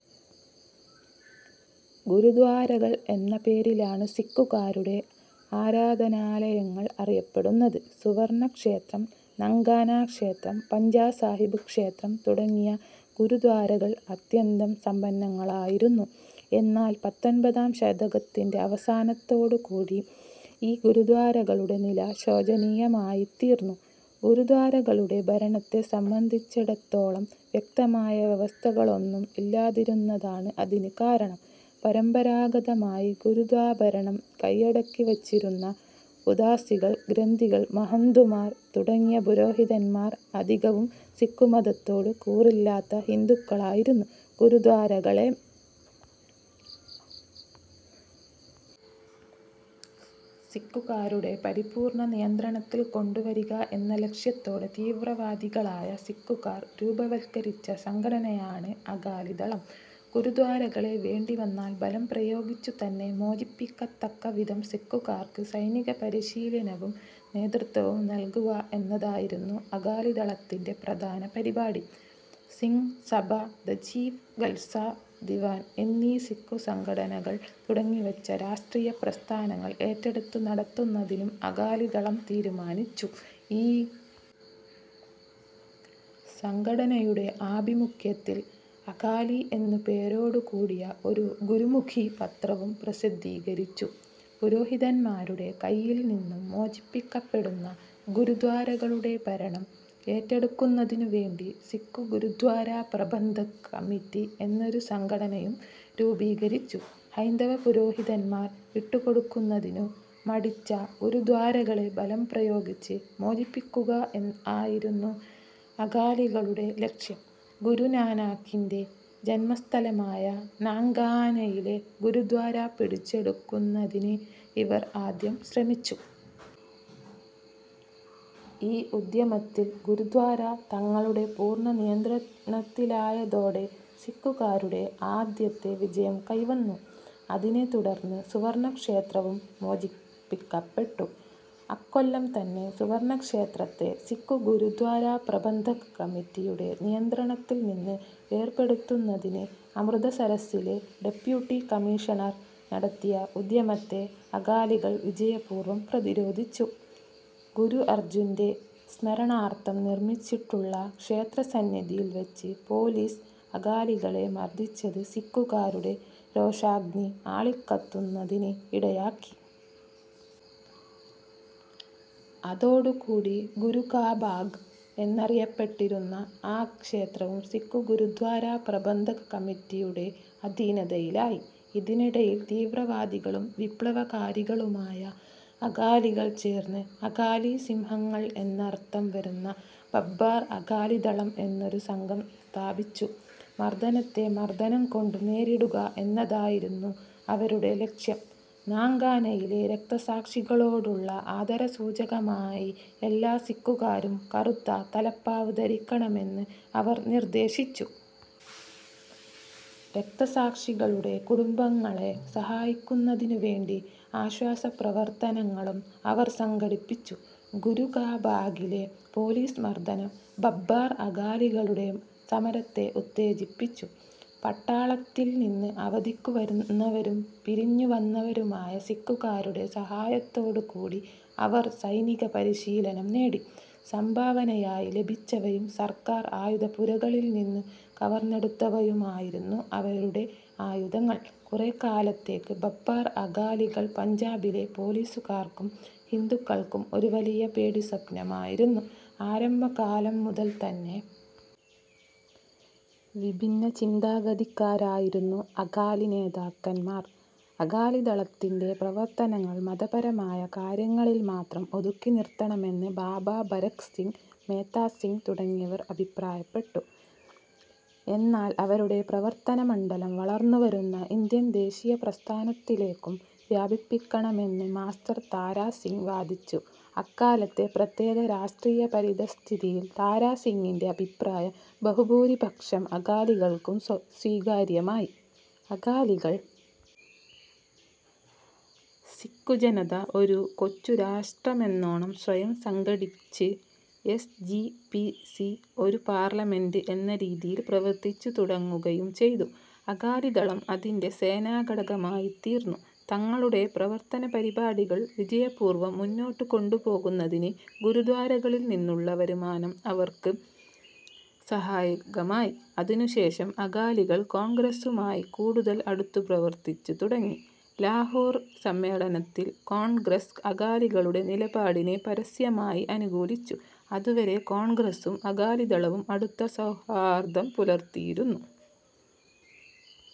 ഗുരുദ്വാരകൾ എന്ന പേരിലാണ് സിക്കുകാരുടെ ആരാധനാലയങ്ങൾ അറിയപ്പെടുന്നത്. സുവർണക്ഷേത്രം, നാങ്കാനാ ക്ഷേത്രം, പഞ്ചാ സാഹിബ് ക്ഷേത്രം തുടങ്ങിയ ഗുരുദ്വാരകൾ അത്യന്തം സമ്പന്നങ്ങളായിരുന്നു. എന്നാൽ പത്തൊൻപതാം ശതകത്തിൻ്റെ അവസാനത്തോടുകൂടി ഈ ഗുരുദ്വാരകളുടെ നില ശോചനീയമായിത്തീർന്നു. ഗുരുദ്വാരകളുടെ ഭരണത്തെ സംബന്ധിച്ചിടത്തോളം വ്യക്തമായ വ്യവസ്ഥകളൊന്നും ഇല്ലാതിരുന്നതാണ് അതിന് കാരണം. പരമ്പരാഗതമായി ഗുരുദ്വാഭരണം കൈയടക്കിവച്ചിരുന്ന ഉദാസികൾ, ഗ്രന്ഥികൾ, മഹന്തുമാർ തുടങ്ങിയ പുരോഹിതന്മാർ അധികവും സിക്കുമതത്തോട് കൂറില്ലാത്ത ഹിന്ദുക്കളായിരുന്നു. ഗുരുദ്വാരകളെ സിക്കുകാരുടെ പരിപൂർണ നിയന്ത്രണത്തിൽ കൊണ്ടുവരിക എന്ന ലക്ഷ്യത്തോടെ തീവ്രവാദികളായ സിക്കുകാർ രൂപവത്കരിച്ച സംഘടനയാണ് അകാലിദളം. ഗുരുദ്വാരകളെ വേണ്ടിവന്നാൽ ബലം പ്രയോഗിച്ചുതന്നെ മോചിപ്പിക്കത്തക്കവിധം സിക്കുകാർക്ക് സൈനികപരിശീലനവും നേതൃത്വവും നൽകുക എന്നതായിരുന്നു അകാലിദളത്തിൻ്റെ പ്രധാന പരിപാടി. സിങ് സഭ, ദ ചീഫ് ഖൽസാ ദിവാൻ എന്നീ സിക്കു സംഘടനകൾ തുടങ്ങിവച്ച രാഷ്ട്രീയ പ്രസ്ഥാനങ്ങൾ ഏറ്റെടുത്തു നടത്തുന്നതിനും അകാലിദളം തീരുമാനിച്ചു.ഈ സംഘടനയുടെ ആഭിമുഖ്യത്തിൽ അകാലി എന്നു പേരോടുകൂടിയ ഒരു ഗുരുമുഖി പത്രവും പ്രസിദ്ധീകരിച്ചു. പുരോഹിതന്മാരുടെ കൈയിൽനിന്നും മോചിപ്പിക്കപ്പെടുന്ന ഗുരുദ്വാരകളുടെ ഭരണം ഏറ്റെടുക്കുന്നതിനുവേണ്ടി സിക്കു ഗുരുദ്വാര പ്രബന്ധക് കമ്മിറ്റി എന്നൊരു സംഘടനയും രൂപീകരിച്ചു. ഹൈന്ദവപുരോഹിതന്മാർ വിട്ടുകൊടുക്കുന്നതിനു മടിച്ച ഗുരുദ്വാരകളെ ബലംപ്രയോഗിച്ച് മോചിപ്പിക്കുക എൻ ആയിരുന്നു അകാലികളുടെ ലക്ഷ്യം. ഗുരുനാനാക്കിൻ്റെ ജന്മസ്ഥലമായ നാങ്കാനയിലെ ഗുരുദ്വാര പിടിച്ചെടുക്കുന്നതിന് ഇവർ ആദ്യം ശ്രമിച്ചു. ഈ ഉദ്യമത്തിൽ ഗുരുദ്വാര തങ്ങളുടെ പൂർണനിയന്ത്രണത്തിലായതോടെ സിക്കുകാരുടെ ആദ്യത്തെ വിജയം കൈവന്നു. അതിനെ തുടർന്ന് സുവർണക്ഷേത്രവും മോചിപ്പിക്കപ്പെട്ടു. അക്കൊല്ലംതന്നെ സുവർണക്ഷേത്രത്തെ സിക്കു ഗുരുദ്വാര പ്രബന്ധക് കമ്മിറ്റിയുടെ നിയന്ത്രണത്തിൽനിന്നും വേർപെടുത്തുന്നതിന് അമൃതസരസ്സിലെ ഡെപ്യൂട്ടി കമ്മീഷണർ നടത്തിയ ഉദ്യമത്തെ അകാലികൾ വിജയപൂർവം പ്രതിരോധിച്ചു. ഗുരു അർജുൻ്റെ സ്മരണാർഥം നിർമിച്ചിട്ടുള്ള ക്ഷേത്രസന്നിധിയിൽ വച്ച് പൊലീസ് അകാലികളെ മർദിച്ചത് സിക്കുകാരുടെ രോഷാഗ്നി ആളിക്കത്തുന്നതിന് ഇടയാക്കി. അതോടുകൂടി ഗുരുകാബാഗ് എന്നറിയപ്പെട്ടിരുന്ന ആ ക്ഷേത്രവും സിക്കു ഗുരുദ്വാര പ്രബന്ധക് കമ്മിറ്റിയുടെ അധീനതയിലായി. ഇതിനിടയിൽ തീവ്രവാദികളും വിപ്ലവകാരികളുമായ അകാലികൾ ചേർന്ന് അകാലി സിംഹങ്ങൾ എന്നർഥം വരുന്ന ബബ്ബാർ അകാലിദളം എന്നൊരു സംഘം സ്ഥാപിച്ചു. മർദനത്തെ മർദനംകൊണ്ടു നേരിടുക എന്നതായിരുന്നു അവരുടെ ലക്ഷ്യം. നാങ്കാനായിലെ രക്തസാക്ഷികളോടുള്ള ആദരസൂചകമായി എല്ലാ സിക്കുകാരും കറുത്ത തലപ്പാവ് ധരിക്കണമെന്ന് അവർ നിർദ്ദേശിച്ചു. രക്തസാക്ഷികളുടെ കുടുംബങ്ങളെ സഹായിക്കുന്നതിനുവേണ്ടി ആശ്വാസപ്രവർത്തനങ്ങളും അവർ സംഘടിപ്പിച്ചു. ഗുരുകാബാഗിലെ പൊലീസ് മർദനം ബബ്ബാർ അകാലികളുടെ സമരത്തെ ഉത്തേജിപ്പിച്ചു. പട്ടാളത്തിൽ നിന്ന് അവധിക്കു വന്നവരും പിരിഞ്ഞുവന്നവരുമായ സിക്കുകാരുടെ സഹായത്തോടുകൂടി അവർ സൈനിക പരിശീലനം നേടി. സംഭാവനയായി ലഭിച്ചവയും സർക്കാർ ആയുധപ്പുരകളിൽനിന്നു കവർന്നെടുത്തവയുമായിരുന്നു അവരുടെ ആയുധങ്ങൾ. കുറെക്കാലത്തേക്ക് ബബ്ബാർ അകാലികൾ പഞ്ചാബിലെ പൊലീസുകാർക്കും ഹിന്ദുക്കൾക്കും ഒരു വലിയ പേടിസ്വപ്നമായിരുന്നു. ആരംഭകാലംമുതൽതന്നെ വിഭിന്ന ചിന്താഗതിക്കാരായിരുന്നു അകാലി നേതാക്കന്മാർ. അകാലിദളത്തിൻ്റെ പ്രവർത്തനങ്ങൾ മതപരമായ കാര്യങ്ങളിൽ മാത്രം ഒതുക്കിനിർത്തണമെന്ന് ബാബാ ഖരക് സിങ്, മേത്താ സിങ് തുടങ്ങിയവർ അഭിപ്രായപ്പെട്ടു. എന്നാൽ അവരുടെ പ്രവർത്തനമണ്ഡലം വളർന്നുവരുന്ന ഇന്ത്യൻ ദേശീയ പ്രസ്ഥാനത്തിലേക്കും വ്യാപിപ്പിക്കണമെന്ന് മാസ്റ്റർ താരാ സിങ് വാദിച്ചു. അക്കാലത്തെ പ്രത്യേക രാഷ്ട്രീയ പരിതഃസ്ഥിതിയിൽ താരാ സിങ്ങിൻ്റെ അഭിപ്രായം ബഹുഭൂരിപക്ഷം അകാലികൾക്കുംസ്വ സ്വീകാര്യമായി. അകാലികൾ സിക്കുജനത ഒരു കൊച്ചു രാഷ്ട്രമെന്നോണം സ്വയം സംഘടിച്ച്, എസ്. ജി. പി. സി. ഒരു പാർലമെന്റ് എന്ന രീതിയിൽ പ്രവർത്തിച്ചുതുടങ്ങുകയും ചെയ്തു. അകാലിദളം അതിൻ്റെ സേനാഘടകമായിത്തീർന്നു. തങ്ങളുടെ പ്രവർത്തനപരിപാടികൾ വിജയപൂർവം മുന്നോട്ടുകൊണ്ടുപോകുന്നതിന് ഗുരുദ്വാരകളിൽനിന്നുള്ള വരുമാനം അവർക്ക് സഹായകമായി. അതിനുശേഷം അകാലികൾ കോൺഗ്രസ്സുമായി കൂടുതൽ അടുത്തുപ്രവർത്തിച്ചു തുടങ്ങി. ലാഹോർ സമ്മേളനത്തിൽ കോൺഗ്രസ് അകാലികളുടെ നിലപാടിനെ പരസ്യമായി അനുകൂലിച്ചു. അതുവരെ കോൺഗ്രസ്സും അകാലിദളവും അടുത്ത സൗഹാർദം പുലർത്തിയിരുന്നു.